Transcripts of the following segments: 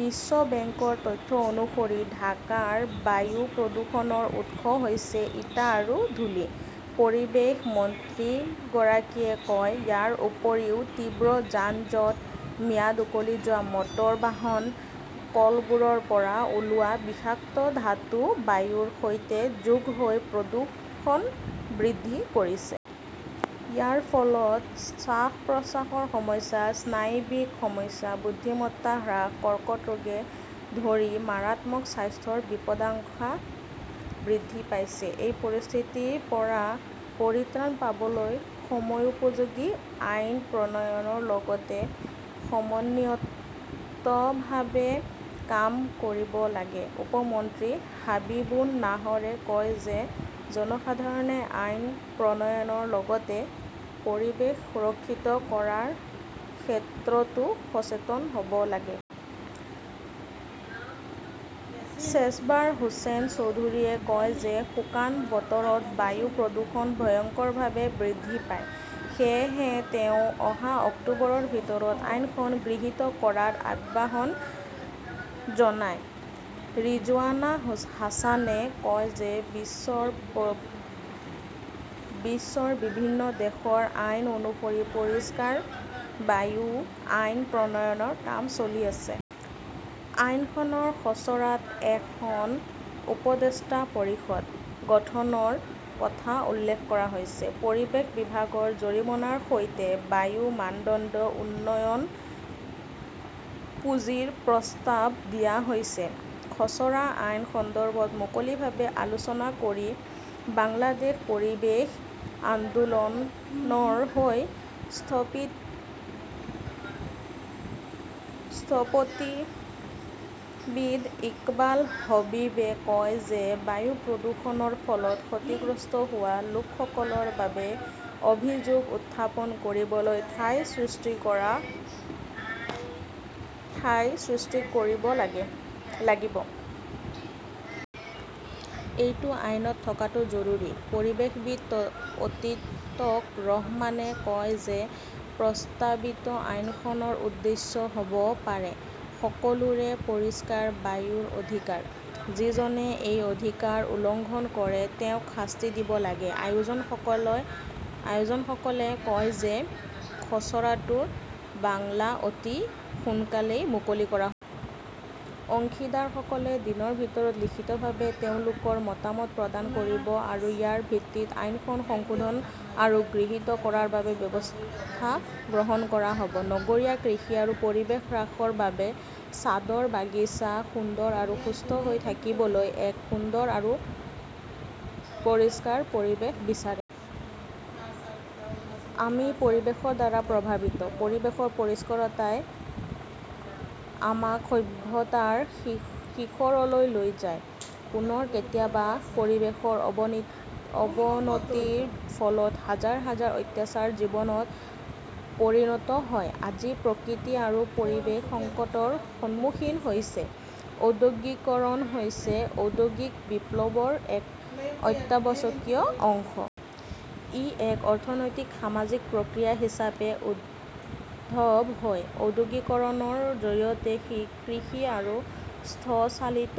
বিশ্ব বেংকৰ তথ্য অনুসৰি ঢাকাৰ বায়ু প্ৰদূষণৰ উৎস হৈছে ইটা আৰু ধূলি, পৰিৱেশ মন্ত্ৰীগৰাকীয়ে কয়। ইয়াৰ উপৰিও তীব্ৰ যান-জঁট, ম্যাদ উকলি যোৱা মটৰ বাহন, কলবোৰৰ পৰা ওলোৱা বিষাক্ত ধাতু বায়ুৰ সৈতে যোগ হৈ প্ৰদূষণ বৃদ্ধি কৰিছে। ইয়াৰ ফলত শ্বাস-প্ৰশ্বাসৰ সমস্যা, স্নায়ৱিক সমস্যা, বুদ্ধিমত্তা হ্ৰাস, কৰ্কট ৰোগকে ধৰি মাৰাত্মক স্বাস্থ্যৰ বিপদাশংকা বৃদ্ধি পাইছে। এই পৰিস্থিতিৰ পৰা পৰিত্ৰাণ পাবলৈ সময়োপযোগী আইন প্ৰণয়নৰ লগতে সমন্বিতভাৱে কাম কৰিব লাগিব। উপ মন্ত্ৰী হাবিবুন নাহৰে কয় যে, জনসাধাৰণে আইন প্ৰণয়নৰ লগতে পৰিৱেশ সুৰক্ষিত কৰাৰ ক্ষেত্ৰতো সচেতন হ'ব লাগিব। শ্বেবাৰ হোসেন চৌধুৰীয়ে কয় যে শুকান বতৰত বায়ু প্ৰদূষণ ভয়ংকৰভাৱে বৃদ্ধি পায়। সেয়েহে তেওঁ অহা অক্টোবৰৰ ভিতৰত আইনখন গৃহীত কৰাৰ আহ্বান জনায়। ৰিজৱানা হাছানে কয় যে, বিশ্বৰ বিভিন্ন দেশৰ আইন অনুসৰি পৰিষ্কাৰ বায়ু আইন প্ৰণয়নৰ কাম চলি আছে। আইনখনৰ খচৰাত এখন 'উপদেষ্টা পৰিষদ' গঠনৰ কথা উল্লেখ কৰা হৈছে। পৰিৱেশ বিভাগৰ জৰিমনাৰ সৈতে বায়ু মানদণ্ড উন্নয়ন পুঁজিৰ প্ৰস্তাৱ দিয়া হৈছে। খচৰা আইন সন্দৰ্ভত মুকলিভাৱে আলোচনা কৰি বাংলাদেশ পৰিৱেশ আন্দোলনৰ হৈ স্থপতিবিদ ইকবাল হবীবে কয় যে, বায়ু প্ৰদূষণৰ ফলত ক্ষতিগ্ৰস্ত হোৱা লোকসকলৰ বাবে অভিযোগ উত্থাপন কৰিবলৈ ঠাই সৃষ্টি কৰিব লাগিব। এইটো আইনত থকাটো জৰুৰী। পৰিৱেশবিদ অতীক ৰহমানে কয় যে, প্ৰস্তাৱিত আইনখনৰ উদ্দেশ্য হ'ব পাৰে, সকলোৰে পৰিষ্কাৰ বায়ুৰ অধিকাৰ। যিজনে এই অধিকাৰ উলংঘন কৰে তেওঁক শাস্তি দিব লাগিব। আয়োজকসকলে কয় যে, খচৰাটোৰ বাংলা অতি সোনকালেই মুকলি কৰা হ'ব। অংশীদাৰসকলে দিনৰ ভিতৰত লিখিতভাৱে তেওঁলোকৰ মতামত প্ৰদান কৰিব আৰু ইয়াৰ ভিত্তিত আইনখন সংশোধন আৰু গৃহীত কৰাৰ বাবে ব্যৱস্থা গ্ৰহণ কৰা হ 'ব। নগৰীয়া কৃষি আৰু পৰিৱেশ হ্ৰাসৰ বাবে ছাদৰ বাগিচা সুন্দৰ আৰু সুস্থ হৈ থাকিবলৈ এক সুন্দৰ আৰু পৰিষ্কাৰ পৰিৱেশ বিচাৰে। আমি পৰিৱেশৰ দ্বাৰা প্ৰভাৱিত। পৰিৱেশৰ পৰিষ্কাৰতাই আমাক সভ্যতাৰ শিখৰলৈ লৈ যায়। পুনৰ কেতিয়াবা পৰিৱেশৰ অৱনতিৰ ফলত হাজাৰ হাজাৰ অত্যাচাৰ জীৱনত পৰিণত হয়। আজি প্ৰকৃতি আৰু পৰিৱেশ সংকটৰ সন্মুখীন হৈছে। ঔদ্যোগিকৰণ হৈছে ঔদ্যোগিক বিপ্লৱৰ এক অত্যাৱশ্যকীয় অংশ। ই এক অৰ্থনৈতিক, সামাজিক প্ৰক্ৰিয়া হিচাপে উদ্ভৱ হয়। ঔদ্যোগিকৰণৰ জৰিয়তে কৃষি আৰু হস্তচালিত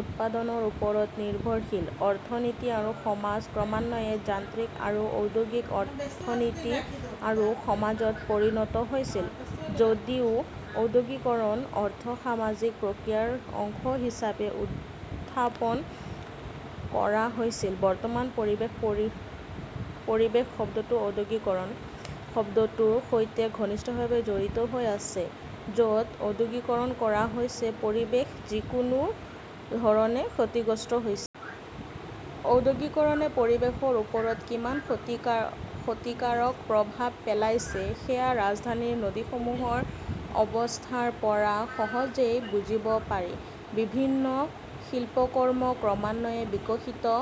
উৎপাদনৰ ওপৰত নিৰ্ভৰশীল অৰ্থনীতি আৰু সমাজ ক্ৰমান্বয়ে যান্ত্ৰিক আৰু ঔদ্যোগিক অৰ্থনীতি আৰু সমাজত পৰিণত হৈছিল। যদিও ঔদ্যোগিকীকৰণ অৰ্থ-সামাজিক প্ৰক্ৰিয়াৰ অংশ হিচাপে উদ্ভাৱন কৰা হৈছিল, বৰ্তমান পৰিৱেশ শব্দটো ঔদ্যোগিকৰণ শব্দটোৰ সৈতে ঘনিষ্ঠভাৱে জড়িত হৈ আছে, য 'ত ঔদ্যোগিকৰণ কৰা হৈছে, পৰিৱেশ যিকোনো ধৰণে ক্ষতিগ্ৰস্ত হৈছে। ঔদ্যোগিকৰণে পৰিৱেশৰ ওপৰত কিমান ক্ষতিকাৰক প্ৰভাৱ পেলাইছে সেয়া ৰাজধানীৰ নদীসমূহৰ অৱস্থাৰ পৰা সহজেই বুজিব পাৰি। বিভিন্ন শিল্পকৰ্ম ক্ৰমান্বয়ে বিকশিত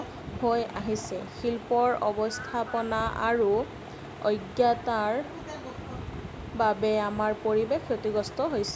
হৈ আহিছে। শিল্পৰ অব্যৱস্থাপনা আৰু অজ্ঞতাৰ বাবে আমাৰ পৰিৱেশ ক্ষতিগ্ৰস্ত হৈছে।